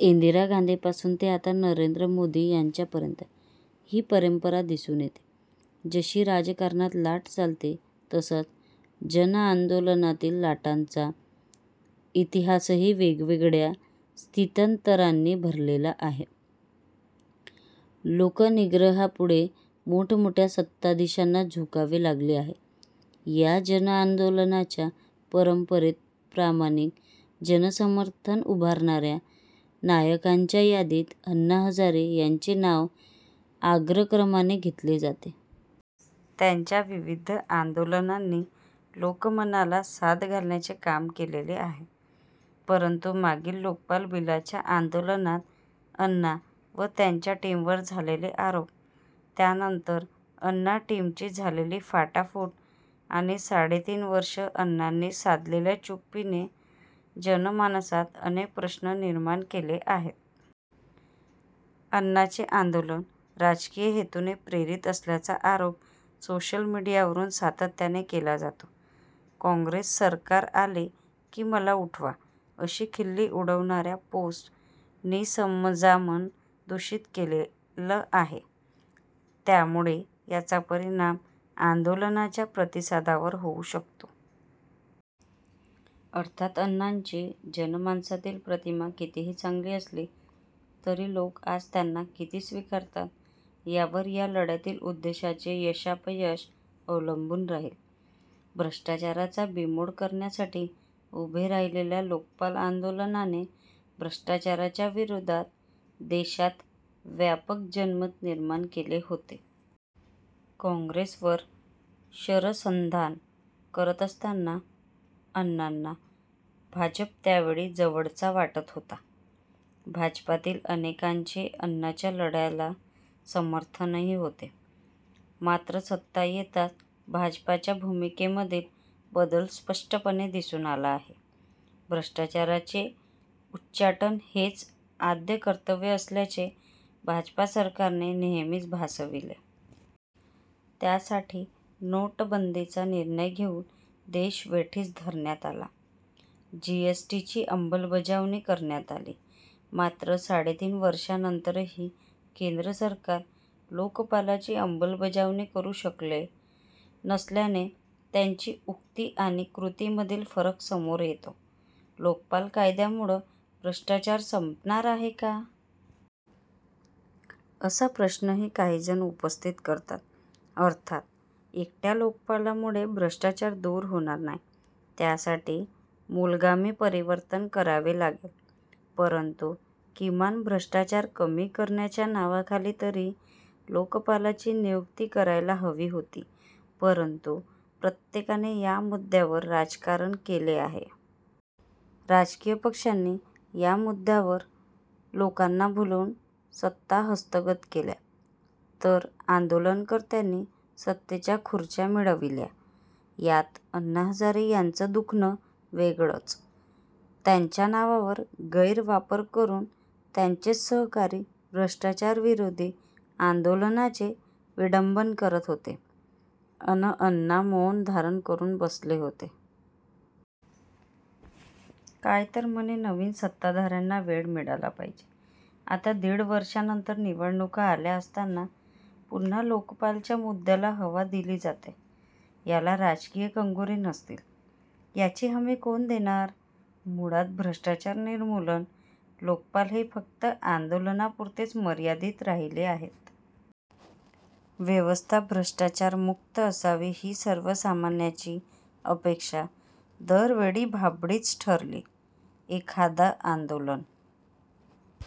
इंदिरा गांधींपासून ते आता नरेंद्र मोदी यांच्या पर्यंत ही परंपरा दिसून येते. जशी राजकारणात लाट चालते तसाच जनआंदोलनांतील लाटांचा इतिहासही वेगवेगळ्या स्थित्यंतरांनी भारलेला आहे. लोकनिग्रहापुढे मोठमोठ्या सत्ताधीशांना झुकावे लागले आहे. या जनआंदोलनांच्या परंपरेत प्रामाणिक जनसमर्थन उभारण्याऱ्या नायकांच्या यादीत अण्णा हजारे यांचे नाव अग्रक्रमाने घेतले जाते. त्यांच्या विविध आंदोलनांनी लोकमनाला साद घालण्याचे काम केलेले आहे. परंतु मागील लोकपाल बिलाच्या आंदोलनात अण्णां व त्यांच्या टीमवर झालेले आरोप, त्यानंतर अण्णा टीमची झालेली फाटाफूट, आणि साडे तीनवर्ष अण्णांनी साधलेल्या चुप्पीने जनमानसात अनेक प्रश्न निर्माण केले आहेत. अण्णांचे आंदोलन राजकीय हेतून प्रेरित असल्याचा आरोप सोशल मीडियावरून सातत्याने केला जातो. 'काँग्रेस सरकार आले कि मला उठवा' अशा खिल्ली उडवणाऱ्या पोष्ट नी समजामन दूषित केलेलं आहे. त्यामुळे याचा परिणाम आंदोलनांच्या प्रतिसादावर होऊ शकतो. अर्थात, अण्णांची जनमानसातील प्रतिमा कितीही चांगली असली तरी लोक आज त्यांना किती स्वीकारतात यावर या लढ्यातील उद्देशाचे यशापयश अवलंबून राहील. भ्रष्टाचाराचा बीमोड करण्यासाठी उभे राहिलेल्या लोकपाल आंदोलनाने भ्रष्टाचाराच्या विरोधात देशात व्यापक जनमत निर्माण केले होते. काँग्रेस वर शरसंधान करत असताना अण्णांना भाजप त्यावेळी जवळचा वाटत होता. भाजपातील अनेकांचे अण्णांच्या लढ्याला समर्थनही होते. मात्र सत्ता येताच भाजपाच्या भूमिकेमधील बदल स्पष्टपणे दिसून आला आहे. भ्रष्टाचाराचे उच्चाटन हेच आद्य कर्तव्य असल्याचे भाजपा सरकारने नेहेमीच भासविले. त्यासाठी नोटबंदीचा निर्णय घेऊन देश वेठीस धरण्यात आला. जिएसटी ची अंलबजावणी करण्यात आली. मात्र साडेतीन वर्षांनंतरही केंद्र सरकार लोकपालाची अमलबजावणी करू शकले नसल्याने त्यांच्या उक्ती आणि कृतीमधील फरक समोर येतो. लोकपाल कायद्यामुळं भ्रष्टाचार संपणार आहे का? असा प्रश्नही काहीजण उपस्थति करतात. अर्थात एकट्या लोकपालामुळे भ्रष्टाचार दूर होणार नाही, त्यासाठी मूलगामी परिवर्तन करावे लागेल. परंतु किमान भ्रष्टाचार कमी करण्याच्या नावाखाली तरी लोकपालाची नियुक्ती करायला हवी होती. परंतु प्रत्येकाने या मुद्द्यावर राजकारणच केले आहे. राजकीय पक्षांनी या मुद्दावर लोकांना भुलवून सत्ता हस्तगत केल्या, तर आंदोलकर्त्यांनी सत्तेच्या खुर्च्या मिळविल्या. यात अण्णा हजारे यांचं दुखणं वेगळंच.. त्यांच्या नावाचा गैर वापर करून त्यांचेच सहकारी भ्रष्टाचार विरोधी आंदोलनाचे विडंबन करत होते, अन अण्णा मौन धारण करून बसले होते. काय तर म्हणे, नवीन सत्ताधार्यांना वेळ मिळाला पाहिजे. आता दीड वर्षावर निवडणुका आल्या असताना पुन्हा लोकपालच्या मुद्द्याला हवा दिली जातेय. याला राजकीय कंगोरे नसतील, याची हमी कोण देणार? मुळात, भ्रष्टाचार निर्मूलन, लोकपाल हे फक्त आंदोलनापुरतेच मर्यादित राहिले आहेत. व्यवस्था भ्रष्टाचार मुक्त असावी ही सर्वसामान्याची अपेक्षा दरवेळी भाबडीचं ठरली. एखाद आंदोलन